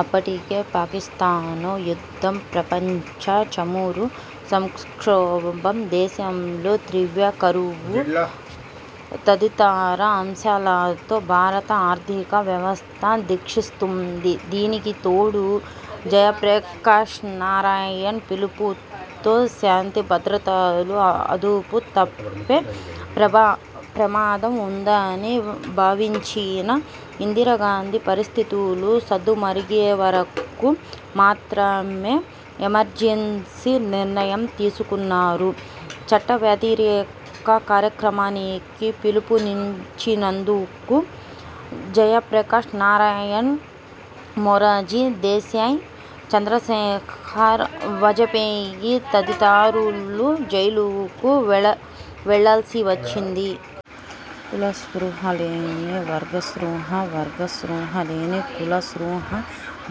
అప్పటికే, పాకిస్థాన్తో యుద్ధం, 'ప్రపంచ చమురు సంక్షోభం', దేశంలో తీవ్ర కరువు తదితర అంశాలతో భారత ఆర్థిక వ్యవస్థ దిక్షీస్తోంది. దీనికితోడు, జయప్రకాష్ నారాయణ్ పిలుపుతో శాంతిభద్రతలు అదుపు తప్పే ప్రమాదం వుందని భావించిన ఇందిరాగాంధీ పరిస్థితులు సద్దుమణిగేవరకు మాత్రమే ఎమర్జెన్సీ నిర్ణయం తీసుకున్నారు. చట్టవ్యతిరేక కార్యక్రమానికి పిలుపునిచ్చినందుకు జయప్రకాష్ నారాయణ్, మొరార్జీ దేశాయ్, చంద్రశేఖర్, వాజపేయి తదితరులు జైలుకు వెళ్ళాల్సివచ్చింది. కుల స్పృహలేని వర్గ స్పృహ, వర్గ స్పృహ లేని కుల స్పృహ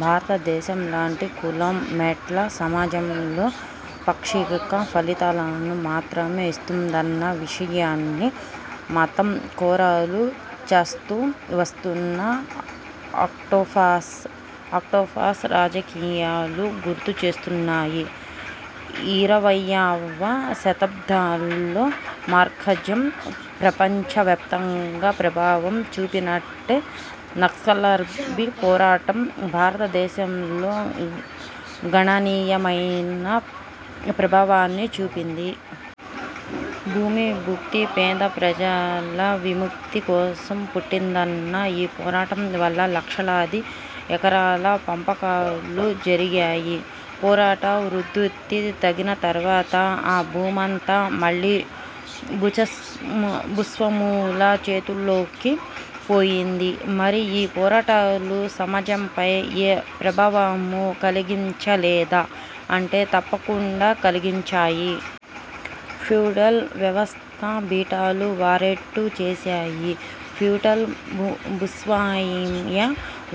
భారతదేశంలాంటి కులం మెట్ల సమాజంలో పాక్షిక ఫలితాలను మాత్రమే ఇస్తుందన్న విషయాన్ని, మతం కోరలు చాస్తూ వస్తున్న ఆక్టోపస్ రాజకీయాలు గుర్తుచేస్తున్నాయి. ఇరవయ్యవ శతాబ్దంలో మార్క్సిజం ప్రపంచవ్యాప్తంగా ప్రభావం చూపినట్టే నక్సల్బరీ పోరాటం భారతదేశంలో గణనీయమైన ప్రభావాన్నే చూపింది. భూమి, భుక్తి, పేద ప్రజల విముక్తి కోసం పుట్టిందన్న ఈ పోరాటం వల్ల లక్షలాది ఎకరాల పంపకాలూ జరిగాయి. పోరాట ఉధృతి తగినతర్వాత ఆ భూమంతా మళ్ళీ భూస్వాముల చేతుల్లోకి పోయింది. మరి, ఈ పోరాటాలు సమాజంపై ఏ ప్రభావమూ కలిగించ లేదా అంటే తప్పకుండా కల్గించాయి. ఫ్యూడల్ వ్యవస్థ బీటలు వారేట్టు చేసాయి. ఫ్యూడల్, భూస్వామ్య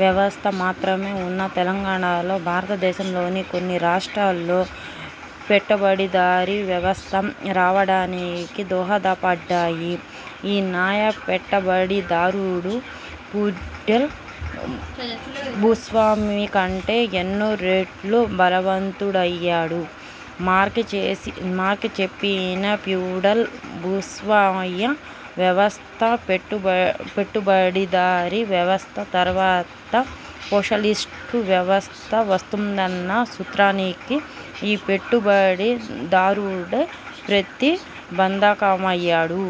వ్యవస్థ మాత్రమే ఉన్న తెలంగాణలో, భారతదేశంలోని కొన్ని రాష్ట్రాల్లో పెట్టుబడిదారీ వ్యవస్థ రావడానికి దోహదపడ్డాయి. ఈ నయా పెట్టుబడిదారుడు ఫ్యూడల్ భూస్వామికంటే ఎన్నో రెట్లు బలవంతుడయ్యాడు. మార్క్స్ చెప్పిన ఫ్యూడల్, భూస్వామ్య వ్యవస్థ, పెట్టుబడిదారీ వ్యవస్థ తర్వాత సోషలిస్టు వ్యవస్థ వస్తుందన్న సూత్రానికి ఈ పెట్టుబడి దారుడే ప్రతిబంధకమయ్యాడు.